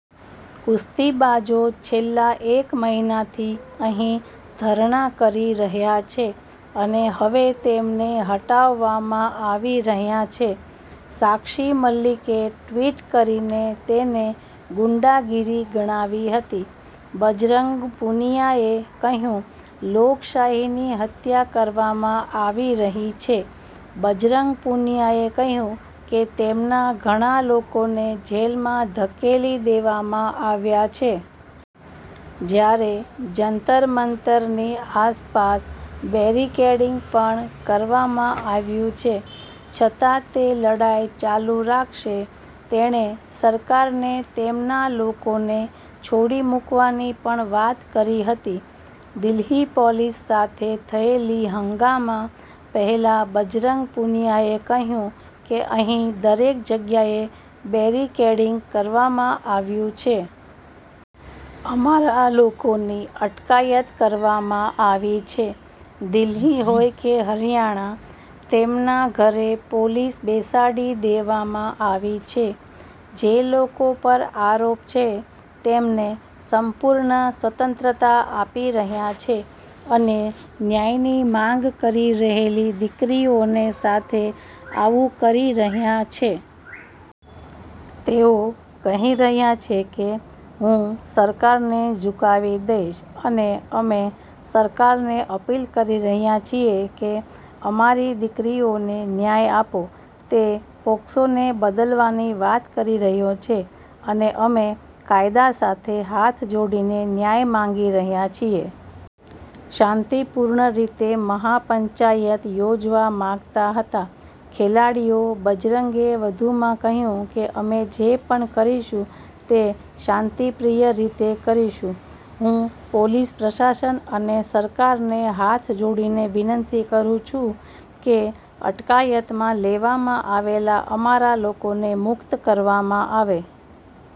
કુસ્તીબાજો છેલ્લા એક મહિનાથી અહીં ધરણા કરી રહ્યા છે અને હવે તેમને હટાવવામાં આવી રહ્યા છે. સાક્ષી મલિકે ટ્વિટ કરીને તેને ગુંડાગીરી ગણાવી હતી. બજરંગ પુનિયાએ કહ્યું, લોકશાહીની હત્યા કરવામાં આવી રહી છે બજરંગ પુનિયાએ કહ્યું કે તેમના ઘણા લોકોને જેલમાં ધકેલી દેવામાં આવ્યા છે. જ્યારે જંતર મંતરની આસપાસ બેરિકેડિંગ પણ કરવામાં આવ્યું છે છતા તે લડાઇ ચાલું રાખશે. તેણે સરકારને તેમના લોકોને છોડી મુકવાની પણ વાત કરી હતી. દિલ્હી પોલીસ સાથે થયેલી હંગામા પહેલા બજરંગ પુનિયાએ કહ્યું કે અહીં દરેક જગ્યાએ બેરિકેડિંગ કરવામાં આવ્યું છે. અમારા, લોકોની અટકાયત કરવામાં આવી છે. દિલ્હી હોય કે હરિયાણા તેમના ઘરે પોલીસ બેસાડી દેવામાં આવી છે. જે લોકો પર આરોપ છે તેમને સંપૂર્ણ સ્વતંત્રતા આપી રહ્યા છે અને ન્યાયની માંગ કરી રહેલી દીકરીઓને સાથે આવું કરી રહ્યા છે. તેઓ કહી રહ્યા છે કે હું સરકારને ઝુકાવી દઇશ અને અમે સરકારને અપીલ કરી રહ્યા છીએ કે અમારી દીકરીઓને ન્યાય આપો. તે પોક્સોને બદલવાની વાત કરી રહ્યો છે અને અમે કાયદા સાથે હાથ જોડીને ન્યાય માંગી રહ્યા છીએ. શાંતિપૂર્ણ રીતે મહાપંચાયત યોજવા માંગતા હતા ખેલાડીઓ બજરંગે વધુમાં કહ્યું કે અમે જે પણ કરીશું તે શાંતિપ્રિય રીતે કરીશું. હું પોલીસ પ્રશાસન અને સરકારને હાથ જોડીને વિનંતી કરું છું કે અટકાયતમાં લેવામાં આવેલા અમારા લોકોને મુક્ત કરવામાં આવે.